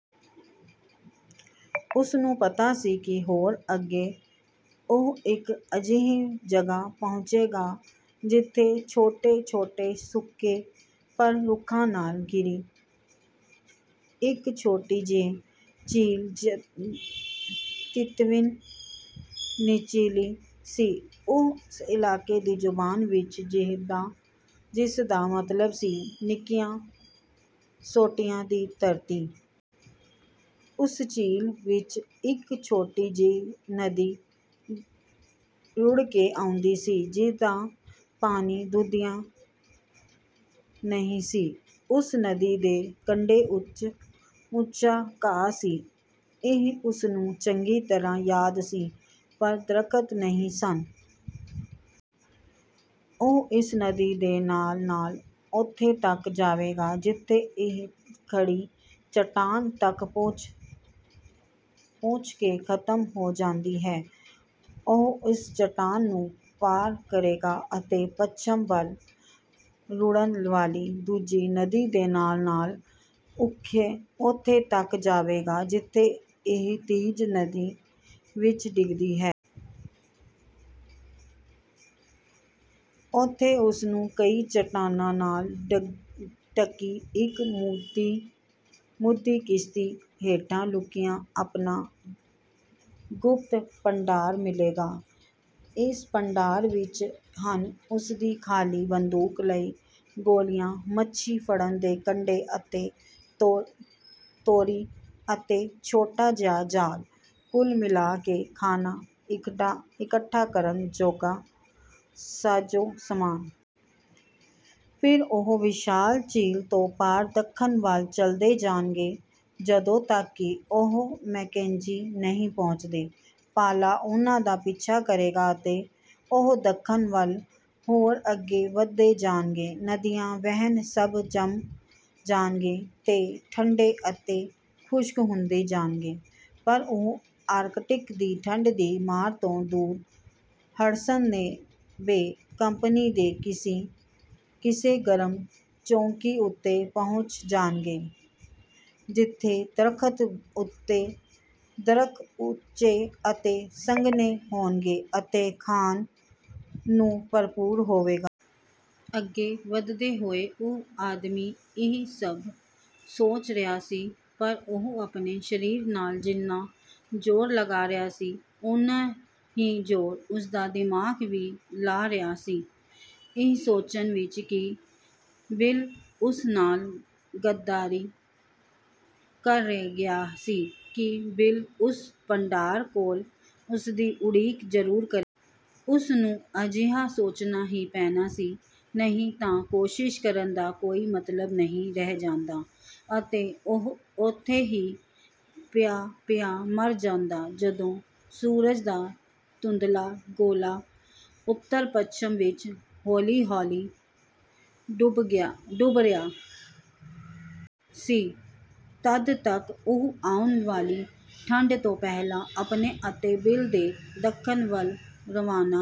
ਉਸਨੂੰ ਪਤਾ ਸੀ ਕਿ ਹੋਰ ਅੱਗੇ ਉਹ ਇੱਕ ਅਜਿਹੀ ਜਗ੍ਹਾ ਪਹੁੰਚੇਗਾ, ਜਿੱਥੇ ਛੋਟੇ-ਛੋਟੇ ਸੁੱਕੇ ਪਰ ਰੁੱਖਾਂ ਨਾਲ਼ ਘਿਰੀ ਇੱਕ ਛੋਟੀ ਜਿਹੀ ਝੀਲ਼ 'ਤੀਤਵਿਨ ਨਿਚੀਲੀ' ਸੀ, ਉਸ ਇਲਾਕੇ ਦੀ ਜ਼ੁਬਾਨ ਵਿੱਚ, ਜਿਸਦਾ ਮਤਲਬ ਸੀ "ਨਿੱਕੀਆਂ ਸੋਟੀਆਂ ਦੀ ਧਰਤੀ।" ਉਸ ਝੀਲ ਵਿੱਚ ਇੱਕ ਛੋਟੀ ਜਿਹੀ ਨਦੀ ਰੁੜ੍ਹਕੇ ਆਉਂਦੀ ਸੀ, ਜਿਸਦਾ ਪਾਣੀ ਦੁਧੀਆ ਨਹੀਂ ਸੀ। ਉਸ ਨਦੀ ਦੇ ਕੰਡੇ ਉੱਚਾ ਘਾਹ ਸੀ — ਇਹ ਉਸਨੂੰ ਚੰਗੀ ਤਰ੍ਹਾਂ ਯਾਦ ਸੀ — ਪਰ ਦਰੱਖ਼ਤ ਨਹੀਂ ਸਨ। ਉਹ ਇਸ ਨਦੀ ਦੇ ਨਾਲ਼-ਨਾਲ਼ ਉੱਥੇ ਤੱਕ ਜਾਵੇਗਾ, ਜਿੱਥੇ ਇਹ ਖੜੀ ਚੱਟਾਨ ਤੱਕ ਪੁੱਜ ਕੇ ਖਤਮ ਹੋ ਜਾਂਦੀ ਹੈ। ਉਹ ਇਸ ਚੱਟਾਨ ਨੂੰ ਪਾਰ ਕਰੇਗਾ ਅਤੇ ਪੱਛਮ ਵੱਲ ਰੁੜ੍ਹਨ ਵਾਲ਼ੀ ਦੂਜੀ ਨਦੀ ਦੇ ਨਾਲ਼-ਨਾਲ਼ ਉੱਥੇ ਤੱਕ ਜਾਵੇਗਾ, ਜਿੱਥੇ ਇਹ 'ਡੀਜ਼ ਨਦੀ' ਵਿੱਚ ਡਿੱਗਦੀ ਹੈ। ਉੱਥੇ ਉਸਨੂੰ ਕਈ ਚੱਟਾਨਾਂ ਨਾਲ਼ ਢਕੀ ਇੱਕ ਮੂਧੀ ਕਿਸ਼ਤੀ ਹੇਠਾਂ ਲੁਕਿਆ ਆਪਣਾ ਗੁਪਤ ਭੰਡਾਰ ਮਿਲ਼ੇਗਾ। ਇਸ ਭੰਡਾਰ ਵਿੱਚ ਹਨ ਉਸਦੀ ਖਾਲੀ ਬੰਦੂਕ ਲਈ ਗੋਲ਼ੀਆਂ, ਮੱਛੀ ਫੜਨ ਦੇ ਕੰਡੇ ਅਤੇ ਡੋਰੀ, ਅਤੇ ਛੋਟਾ ਜਿਹਾ ਜਾਲ਼ – ਕੁੱਲ ਮਿਲ਼ਾ ਕੇ ਖਾਣਾ ਇਕੱਠਾ ਕਰਨ ਜੋਗਾ ਸਾਜੋ-ਸਾਮਾਨ। ਫਿਰ ਉਹ ਵਿਸ਼ਾਲ ਝੀਲ ਤੋਂ ਪਾਰ, ਦੱਖਣ ਵੱਲ ਚਲਦੇ ਜਾਣਗੇ, ਜਦੋਂ ਤੱਕ ਕਿ ਉਹ ਮੈਕੇਂਜੀ ਨਹੀਂ ਪਹੁੰਚਦੇ। ਪਾਲ਼ਾ ਉਨ੍ਹਾਂ ਦਾ ਪਿੱਛਾ ਕਰੇਗਾ ਅਤੇ ਉਹ ਦੱਖਣ ਵੱਲ ਹੋਰ ਅੱਗੇ ਵਧਦੇ ਜਾਣਗੇ। ਨਦੀਆਂ-ਵਹਿਣ ਸਭ ਜੰਮ ਜਾਣਗੇ ਤੇ ਦਿਨ ਠੰਡੇ ਅਤੇ ਖੁਸ਼ਕ ਹੁੰਦੇ ਜਾਣਗੇ, ਪਰ ਉਹ ਆਰਕਟਿਕ ਦੀ ਠੰਡ ਦੀ ਮਾਰ ਤੋਂ ਦੂਰ, 'ਹਡਸਨ ਬੇ' ਕੰਪਨੀ ਦੀ ਕਿਸੇ ਗਰਮ ਚੌਂਕੀ ਉੱਤੇ ਪਹੁੰਚ ਜਾਣਗੇ, ਜਿੱਥੇ ਦਰੱਖ਼ਤ ਉੱਚੇ ਅਤੇ ਸੰਘਣੇ ਹੋਣਗੇ ਅਤੇ ਖਾਣ ਨੂੰ ਭਰਪੂਰ ਹੋਵੇਗਾ। ਅੱਗੇ ਵਧਦੇ ਹੋਏ ਉਹ ਆਦਮੀ ਇਹੀ ਸਭ ਸੋਚ ਰਿਹਾ ਸੀ। ਪਰ ਉਹ ਆਪਣੇ ਸਰੀਰ ਨਾਲ਼ ਜਿੰਨਾ ਜ਼ੋਰ ਲਗਾ ਰਿਹਾ ਸੀ, ਓਨਾ ਹੀ ਜ਼ੋਰ ਉਸਦਾ ਦਿਮਾਗ਼ ਵੀ ਲਾ ਰਿਹਾ ਸੀ – ਇਹ ਸੋਚਣ ਵਿੱਚ ਕਿ ਬਿਲ ਉਸ ਨਾਲ਼ ਗੱਦਾਰੀ ਨਹੀਂ ਕਰ ਗਿਆ ਸੀ, ਕਿ ਬਿਲ ਉਸ ਭੰਡਾਰ ਕੋਲ਼ ਉਸਦੀ ਉਡੀਕ ਜਰੂਰ ਕਰੇ ਉਸਨੂੰ ਅਜਿਹਾ ਸੋਚਣਾ ਹੀ ਪੈਣਾ ਸੀ, ਨਹੀਂ ਤਾਂ ਕੋਸ਼ਿਸ਼ ਕਰਨ ਦਾ ਕੋਈ ਮਤਲਬ ਨਹੀਂ ਰਹਿ ਜਾਂਦਾ ਅਤੇ ਉਹ ਉੱਥੇ ਹੀ ਪਿਆ-ਪਿਆ ਮਰ ਜਾਂਦਾ। ਜਦੋਂ ਸੂਰਜ ਦਾ ਧੁੰਦਲ਼ਾ ਗੋਲ਼ਾ ਉੱਤਰ-ਪੱਛਮ ਵਿੱਚ ਹੌਲ਼ੀ-ਹੌਲ਼ੀ ਡੁੱਬ ਰਿਹਾ ਸੀ, ਤਦ ਤੱਕ ਉਹ ਆਉਣ ਵਾਲ਼ੀ ਠੰਡ ਤੋਂ ਪਹਿਲਾਂ ਆਪਣੇ ਅਤੇ ਬਿਲ ਦੇ ਦੱਖਣ ਵੱਲ ਰਵਾਨਾ